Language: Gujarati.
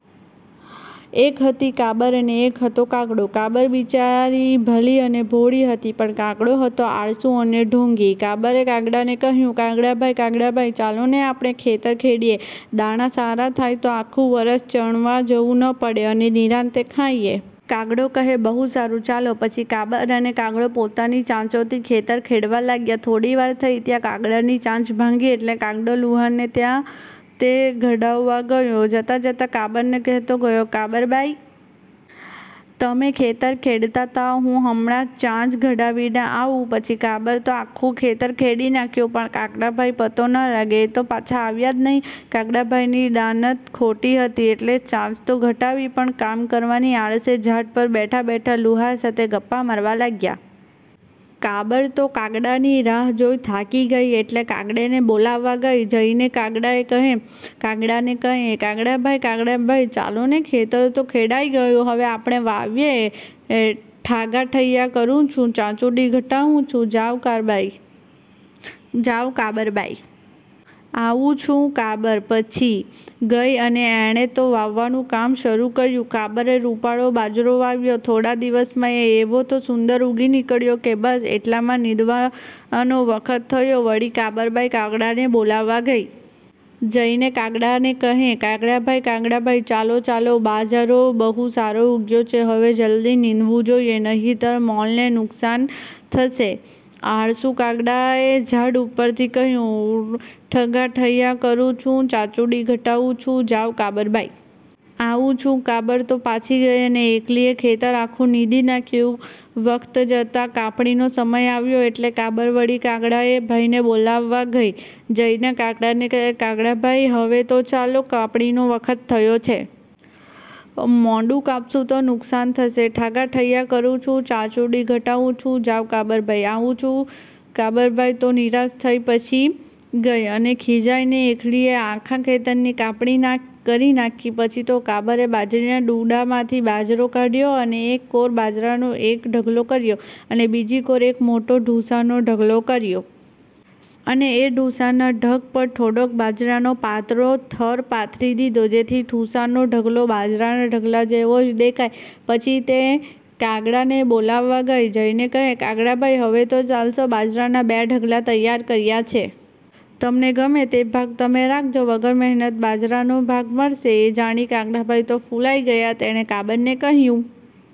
એક હતી કાબર અને એક હતો કાગડો. કાબર બિચારી ભલી અને ભોળી હતી, પણ કાગડો હતો આળસુ અને ઢોંગી. કાબરે કાગડાને કહ્યું -કાગડાભાઈ, કાગડાભાઈ! ચાલોને આપણે ખેતર ખેડીએ! દાણા સારા થાય તો આખું વરસ ચણવા જવું ન પડે અને નિરાંતે ખાઈએ. કાગડો કહે-બહુ સારું; ચાલો. પછી કાબર અને કાગડો પોતાની ચાંચોથી ખેતર ખેડવા લાગ્યાં. થોડી વાર થઈ ત્યાં કાગડાની ચાંચ ભાંગી એટલે કાગડો લુહારને ત્યાં તે ઘડાવવા ગયો. જતાં જતાં કાબરને કહેતો ગયો -કાબરબાઈ! તમે ખેતર ખેડતાં થાઓ, હું હમણાં ચાંચ ઘડાવીને આવું છું. પછી કાબરે તો આખું ખેતર ખેડી નાખ્યું પણ કાગડાભાઈનો પત્તો ન લાગે. એ તો પાછા આવ્યાં જ નહિ. કાગડાભાઈની દાનત ખોટી હતી એટલે ચાંચ તો ઘડાવી પણ કામ કરવાની આળસે ઝાડ પર બેઠા બેઠા લુહાર સાથે ગપ્પાં મારવા લાગ્યા. કાબર તો કાગડાની રાહ જોઈ થાકી ગઈ એટલે કાગડાને બોલાવવા ગઈ. જઈને કાગડાને કહે -કાગડાભાઈ, કાગડાભાઈ! ચાલો ને! ખેતર તો ખેડાઈ ગયું. હવે આપણે વાવીએ. ઠાગાઠૈયા કરું છું, ચાંચુડી ઘડાવું છું, જાવ, કાબરબાઈ! આવું છું. કાબર પાછી ગઈ અને એણે તો વાવવાનું કામ શરૂ કર્યું. કાબરે રૂપાળો બાજરો વાવ્યો. થોડા દિવસમાં એ એવો તો સુંદર ઊગી નીકળ્યો કે બસ! એટલામાં નીંદવાનો વખત થયો વળી કાબરબાઈ કાગડાને બોલાવવા ગઈ. જઈને કાગડાને કહે -કાગડાભાઈ, કાગડાભાઈ! ચાલો, ચાલો; બાજરો બહુ સારો ઊગ્યો છે. હવે જલદી નીંદવું જોઈએ, નહિતર મોલને નુકસાન થશે. આળસુ કાગડાએ ઝાડ ઉપરથી કહ્યું: ઠાગાઠૈયા કરું છું, ચાંચુડી ઘડાવું છું, જાવ, કાબરબાઈ! આવું છું. કાબર તો પાછી ગઈ અને એકલીએ ખેતર આખું નીંદી નાખ્યું. વખત જતાં કાપણીનો સમય આવ્યો એટલે કાબર વળી કાગડાભાઈને બોલાવવા ગઈ. જઈને કાગડાને કહે - કાગડાભાઈ! હવે તો ચાલો, કાપણીનો વખત થયો છે. મોડું કાપશું તો નુકસાન થશે. ઠાગાઠૈયા કરું છું, ચાંચુડી ઘડાવું છું, જાવ, કાબરબાઈ! આવું છું. કાબરબાઈ તો નિરાશ થઈ પાછી ગઈ. અને ખિજાઈને એકલીએ આખા ખેતરની કાપણી કરી નાખી. પછી તો કાબરે બાજરીનાં ડુંડાંમાંથી બાજરો કાઢ્યો અને એક કોર બાજરાનો એક ઢગલો કર્યો, અને બીજી કોર એક મોટો ઢૂંસાંનો ઢગલો કર્યો. અને એ ઢૂંસાંના ઢગ પર થોડોક બાજરાનો પાતળો થર પાથરી દીધો જેથી ઢૂંસાંનો ઢગલો બાજરાના ઢગલા જેવો જ દેખાય. પછી તે કાગડાને બોલાવવા ગઈ. જઈને કહે- કાગડાભાઈ! હવે તો ચાલશો? બાજરાના બે ઢગલા તૈયાર કર્યા છે. તમને ગમે તે ભાગ તમે રાખજો. વગર મહેનતે બાજરાનો ભાગ મળશે એ જાણી કાગડાભાઈ તો ફુલાઈ ગયા. તેણે કાબરને કહ્યું